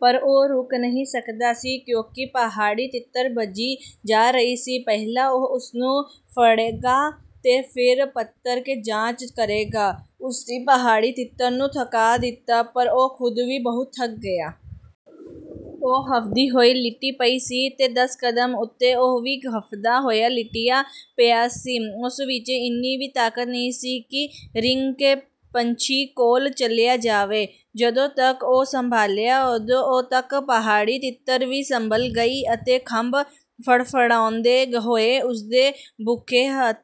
ਪਰ ਉਹ ਰੁਕ ਨਹੀਂ ਸਕਦਾ ਸੀ, ਕਿਉਂਕਿ ਪਹਾੜੀ ਤਿੱਤਰ ਭੱਜੀ ਜਾ ਰਹੀ ਸੀ। ਪਹਿਲਾਂ ਉਹ ਉਸਨੂੰ ਫੜੇਗਾ ਤੇ ਫਿਰ ਪਰਤ ਕੇ ਜਾਂਚ ਕਰੇਗਾ। ਉਸਨੇ ਪਹਾੜੀ ਤਿੱਤਰ ਨੂੰ ਥਕਾ ਦਿੱਤਾ, ਪਰ ਉਹ ਖੁਦ ਵੀ ਬਹੁਤ ਥੱਕ ਗਿਆ। ਉਹ ਹਫਦੀ ਹੋਈ ਲਿਟੀ ਪਈ ਸੀ ਤੇ ਦਸ ਕਦਮ ਉੱਤੇ ਉਹ ਵੀ ਹਫਦਾ ਹੋਇਆ ਲਿਟਿਆ ਪਿਆ ਸੀ। ਉਸ ਵਿੱਚ ਇੰਨੀ ਵੀ ਤਾਕਤ ਨਹੀਂ ਸੀ ਕਿ ਰੀਂਗ ਕੇ ਪੰਛੀ ਕੋਲ ਚਲਿਆ ਜਾਵੇ। ਜਦੋਂ ਤੱਕ ਉਹ ਸੰਭਲ਼ਿਆ, ਉਦੋਂ ਤੱਕ ਪਹਾੜੀ ਤਿੱਤਰ ਵੀ ਸੰਭਲ਼ ਗਈ ਅਤੇ ਖੰਭ ਫੜਫੜਾਉਂਦੇ ਹੋਏ ਉਸਦੇ ਭੁੱਖੇ ਹੱਥ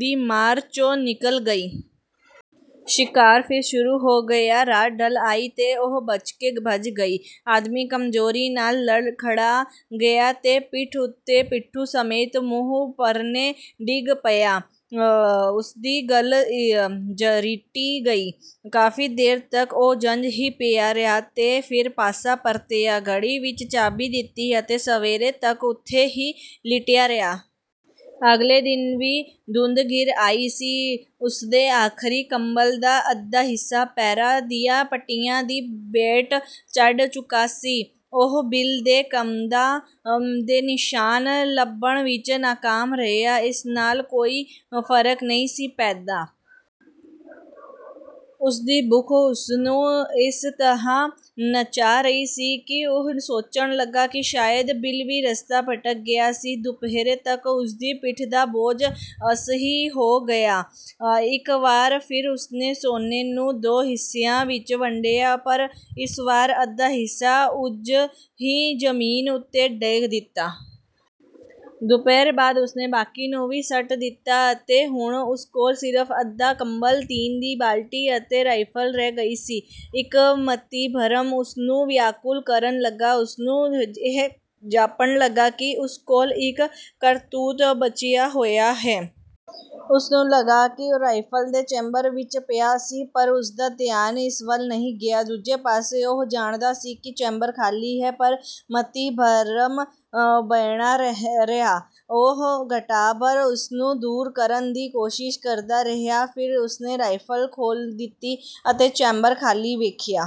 ਦੀ ਮਾਰ 'ਚੋਂ ਨਿੱਕਲ਼ ਗਈ। ਸ਼ਿਕਾਰ ਫਿਰ ਸ਼ੁਰੂ ਹੋ ਗਿਆ। ਰਾਤ ਢਲ਼ ਆਈ ਤੇ ਉਹ ਬਚਕੇ ਭੱਜ ਗਈ। ਆਦਮੀ ਕਮਜ਼ੋਰੀ ਨਾਲ਼ ਲੜਖੜਾ ਗਿਆ ਤੇ ਪਿੱਠ ਉੱਤੇ ਪਿੱਠੂ ਸਮੇਤ ਮੂੰਹ ਪਰਨੇ ਡਿੱਗ ਪਿਆ। ਉਸਦੀ ਗੱਲ੍ਹ ਝਰੀਟੀ ਗਈ। ਕਾਫ਼ੀ ਦੇਰ ਤੱਕ ਉਹ ਇੰਝ ਹੀ ਪਿਆ ਰਿਹਾ ਤੇ ਫਿਰ ਪਾਸਾ ਪਰਤਿਆ, ਘੜੀ ਵਿੱਚ ਚਾਬੀ ਦਿੱਤੀ ਅਤੇ ਸਵੇਰੇ ਤੱਕ ਉਥੇ ਹੀ ਲਿਟਿਆ ਰਿਹਾ। ਅਗਲੇ ਦਿਨ ਵੀ ਧੁੰਦ ਘਿਰ ਆਈ ਸੀ। ਉਸਦੇ ਆਖਰੀ ਕੰਬਲ ਦਾ ਅੱਧਾ ਹਿੱਸਾ ਪੈਰਾਂ ਦੀਆਂ ਪੱਟੀਆਂ ਦੀ ਭੇਂਟ ਚੜ੍ਹ ਚੁੱਕਾ ਸੀ। ਉਹ ਬਿਲ ਦੇ ਕਦਮਾਂ ਦੇ ਨਿਸ਼ਾਨ ਲੱਭਣ ਵਿੱਚ ਨਾਕਾਮ ਰਿਹਾ। ਇਸ ਨਾਲ਼ ਕੋਈ ਫਰਕ ਨਹੀਂ ਸੀ ਪੈਂਦਾ। ਉਸਦੀ ਭੁੱਖ ਉਸਨੂੰ ਇਸ ਤਰ੍ਹਾਂ ਨਚਾ ਰਹੀ ਸੀ ਕਿ ਉਹ ਸੋਚਣ ਲੱਗਾ ਕਿ ਸ਼ਾਇਦ ਬਿਲ ਵੀ ਰਸਤਾ ਭਟਕ ਗਿਆ ਸੀ। ਦੁਪਹਿਰ ਤੱਕ ਉਸਦੀ ਪਿੱਠ ਦਾ ਬੋਝ ਅਸਹਿ ਹੋ ਗਿਆ। ਇੱਕ ਵਾਰ ਫਿਰ ਉਸਨੇ ਸੋਨੇ ਨੂੰ ਦੋ ਹਿੱਸਿਆਂ ਵਿੱਚ ਵੰਡਿਆ, ਪਰ ਇਸ ਵਾਰ ਅੱਧਾ ਹਿੱਸਾ ਉਂਝ ਹੀ ਜ਼ਮੀਨ ਉੱਤੇ ਡੇਗ ਦਿੱਤਾ। ਦੁਪਹਿਰ ਬਾਅਦ ਉਸਨੇ ਬਾਕੀ ਨੂੰ ਵੀ ਸੁੱਟ ਦਿੱਤਾ ਅਤੇ ਹੁਣ ਉਸ ਕੋਲ਼ ਸਿਰਫ ਅੱਧਾ ਕੰਬਲ, ਟੀਨ ਦੀ ਬਾਲਟੀ ਅਤੇ ਰਾਇਫਲ ਰਹਿ ਗਈ ਸੀ। ਇੱਕ ਮਤੀਭਰਮ ਉਸਨੂੰ ਵਿਆਕੁਲ ਕਰਨ ਲੱਗਾ। ਉਸਨੂੰ ਇਹ ਜਾਪਣ ਲੱਗਾ ਕਿ ਉਸ ਕੋਲ਼ ਇੱਕ ਕਾਰਤੂਸ ਬਚਿਆ ਹੋਇਆ ਹੈ। ਉਸਨੂੰ ਲੱਗਾ ਕਿ ਉਹ ਰਾਇਫਲ ਦੇ ਚੈਂਬਰ ਵਿੱਚ ਪਿਆ ਸੀ ਪਰ ਉਸਦਾ ਧਿਆਨ ਇਸ ਵੱਲ ਨਹੀਂ ਗਿਆ। ਦੂਜੇ ਪਾਸੇ, ਉਹ ਜਾਣਦਾ ਸੀ ਕਿ ਚੈਂਬਰ ਖਾਲੀ ਹੈ। ਪਰ ਮਤੀਭਰਮ ਬਣਿਆ ਰਿਹਾ। ਉਹ ਘੰਟਾ ਭਰ ਇਸਨੂੰ ਦੂਰ ਕਰਨ ਦੀ ਕੋਸ਼ਿਸ਼ ਕਰਦਾ ਰਿਹਾ, ਫਿਰ ਉਸਨੇ ਰਾਇਫਲ ਖੋਲ੍ਹ ਦਿੱਤੀ ਅਤੇ ਚੈਂਬਰ ਖਾਲੀ ਵੇਖਿਆ।